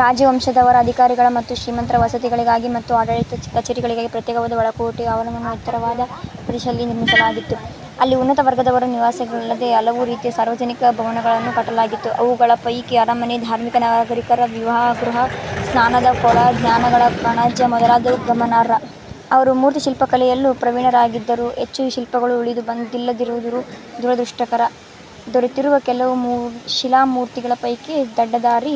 ರಾಜವಂಶದವರ, ಅಧಿಕಾರಿಗಳ ಮತ್ತು ಶ್ರೀಮಂತರ ವಸತಿಗಳಿಗಾಗಿ ಮತ್ತು ಆಡಳಿತ ಕಚೇರಿಗಳಿಗಾಗಿ ಪ್ರತ್ಯೇಕವಾದ ಒಳಕೋಟೆ ಆವರಣವನ್ನು ಎತ್ತರವಾದ ಪ್ರದೇಶದಲ್ಲಿ ನಿರ್ಮಿಸಲಾಗಿತ್ತು. ಅಲ್ಲಿ ಉನ್ನತ ವರ್ಗದವರ ನಿವಾಸಗಳಲ್ಲದೆ ಹಲವು ರೀತಿಯ ಸಾರ್ವಜನಿಕ ಭವನಗಳನ್ನು ಕಟ್ಟಲಾಗಿತ್ತು. ಅವುಗಳ ಪೈಕಿ ಅರಮನೆ, ಧಾರ್ಮಿಕ ನಾಯಕರ ವಿಹಾರಗೃಹ, ಸ್ನಾನದ ಕೊಳ, ಧಾನ್ಯಗಳ ಕಣಜ ಮೊದಲಾದವು ಗಮನಾರ್ಹ. ಅವರು ಮೂರ್ತಿಶಿಲ್ಪಕಲೆಯಲ್ಲೂ ಪ್ರವೀಣರಾಗಿದ್ದರೂ ಹೆಚ್ಚು ಶಿಲ್ಪಗಳು ಉಳಿದು ಬಂದಿಲ್ಲದಿರುವುದು ದುರದೃಷ್ಟಕರ, ದೊರೆತಿರುವ ಕೆಲವು ಶಿಲಾಮೂರ್ತಿಗಳ ಪೈಕಿ ಗಡ್ಡಧಾರಿ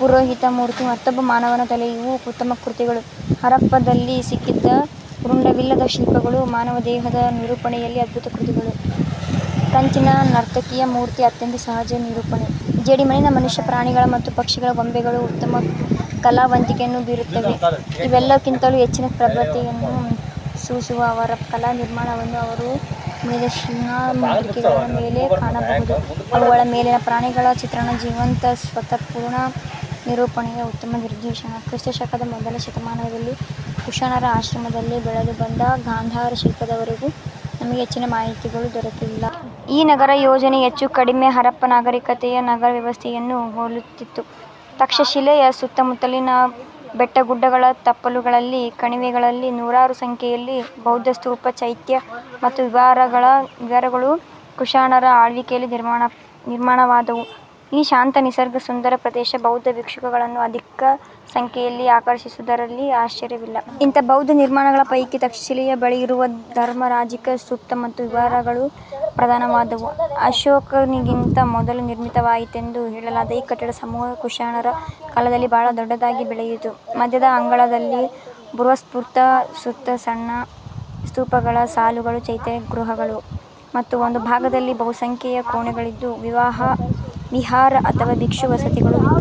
ಪುರೋಹಿತ ಮೂರ್ತಿ, ಮತ್ತೊಬ್ಬ ಮಾನವನ ತಲೆ ಇವು ಉತ್ತಮ ಕೃತಿಗಳು, ಹರಪ್ಪದಲ್ಲಿ ಸಿಕ್ಕಿದ ರುಂಡವಿಲ್ಲದ ಶಿಲ್ಪಗಳು ಮಾನವದೇಹದ ನಿರೂಪಣೆಯಲ್ಲಿ ಅದ್ಭುತ ಕೃತಿಗಳು. ಕಂಚಿನ ನರ್ತಕಿಯ ಮೂರ್ತಿ ಅತ್ಯಂತ ಸಹಜ ನಿರೂಪಣೆ. ಜೇಡಿಮಣ್ಣಿನ ಮನುಷ್ಯ, ಪ್ರಾಣಿಗಳ ಮತ್ತು ಪಕ್ಷಿಗಳ ಗೊಂಬೆಗಳು ಉತ್ತಮ ಕಲಾವಂತಿಕೆಯನ್ನು ಬೀರುತ್ತವೆ. ಇವೆಲ್ಲಕ್ಕಿಂತಲೂ ಹೆಚ್ಚಿನ ಪ್ರತಿಭೆಯನ್ನು ಸೂಸುವ ಅವರ ಕಲಾ ನಿರ್ಮಾಣವನ್ನು ಅವರ ಮೇದಶ್ಶಿಲಾ ಮುದ್ರಿಕೆಗಳ ಮೇಲೆ ಕಾಣಬಹುದು. ಅವುಗಳ ಮೇಲಿನ ಪ್ರಾಣಿಗಳ ಚಿತ್ರಣ ಜೀವಂತ ಸತ್ವಪೂರ್ಣ ನಿರೂಪಣೆಯ ಉತ್ತಮ ನಿದರ್ಶನ. ಕ್ರಿಸ್ತಶಕದ ಮೊದಲ ಶತಮಾನಗಳಲ್ಲಿ ಕುಷಾಣರ ಆಶ್ರಯದಲ್ಲಿ ಬೆಳೆದು ಬಂದ ಗಾಂಧಾರ ಶಿಲ್ಪದ ವರೆಗೂ ನಮಗೆ ಹೆಚ್ಚಿನ ಮಾಹಿತಿಗಳು ದೊರಕಿಲ್ಲ. ಈ ನಗರ ಯೋಜನೆ ಹೆಚ್ಚು ಕಡಿಮೆ ಹರಪ್ಪ ನಾಗರಿಕತೆಯ ನಗರ ವ್ಯವಸ್ಥೆಯನ್ನು ಹೋಲುತ್ತಿತ್ತು. ತಕ್ಷಶಿಲೆಯ ಸುತ್ತಮುತ್ತಲಿನ ಬೆಟ್ಟಗುಡ್ಡಗಳ ತಪ್ಪಲುಗಳಲ್ಲಿ, ಕಣಿವೆಗಳಲ್ಲಿ ನೂರಾರು ಸಂಖ್ಯೆಯಲ್ಲಿ ಬೌದ್ಧಸ್ತೂಪ, ಚೈತ್ಯ ಮತ್ತು ವಿಹಾರಗಳು ಕುಷಾಣರ ಆಳ್ವಿಕೆಯಲ್ಲಿ ನಿರ್ಮಾಣವಾದವು. ಈ ಶಾಂತ, ನಿಸರ್ಗ ಸುಂದರ ಪ್ರದೇಶ ಬೌದ್ಧ ಭಿಕ್ಷುಗಳನ್ನು ಅಧಿಕ ಸಂಖ್ಯೆಯಲ್ಲಿ ಆಕರ್ಷಿಸಿದುದರಲ್ಲಿ ಆಶ್ಚರ್ಯವಿಲ್ಲ. ಇಂಥ ಬೌದ್ಧ ನಿರ್ಮಾಣಗಳ ಪೈಕಿ ತಕ್ಷಶಿಲೆಯ ಬಳಿ ಇರುವ ಧರ್ಮರಾಜಿಕ ಸ್ತೂಪ ಮತ್ತು ವಿಹಾರಗಳು ಪ್ರಧಾನವಾದವು. ಅಶೋಕನಿಗಿಂತ ಮೊದಲು ನಿರ್ಮಿತವಾಯಿತೆಂದು ಹೇಳಲಾದ ಈ ಕಟ್ಟಡ ಸಮೂಹ ಕುಷಾಣರ ಕಾಲದಲ್ಲಿ ಬಹಳ ದೊಡ್ಡದಾಗಿ ಬೆಳೆಯಿತು. ಮಧ್ಯದ ಅಂಗಣದಲ್ಲಿ ಬೃಹತ್ಸ್ತೂಪ, ಸುತ್ತ ಸಣ್ಣ ಸ್ತೂಪಗಳ ಸಾಲುಗಳು ಚೈತ್ಯಗೃಹಗಳು ಮತ್ತು ಒಂದು ಭಾಗದಲ್ಲಿ ಬಹುಸಂಖ್ಯೆಯ ಕೋಣೆಗಳಿದ್ದ ವಿಹಾರ ಅಥವಾ ಭಿಕ್ಷು ವಸತಿಗಳು ಇದ್ದುವು.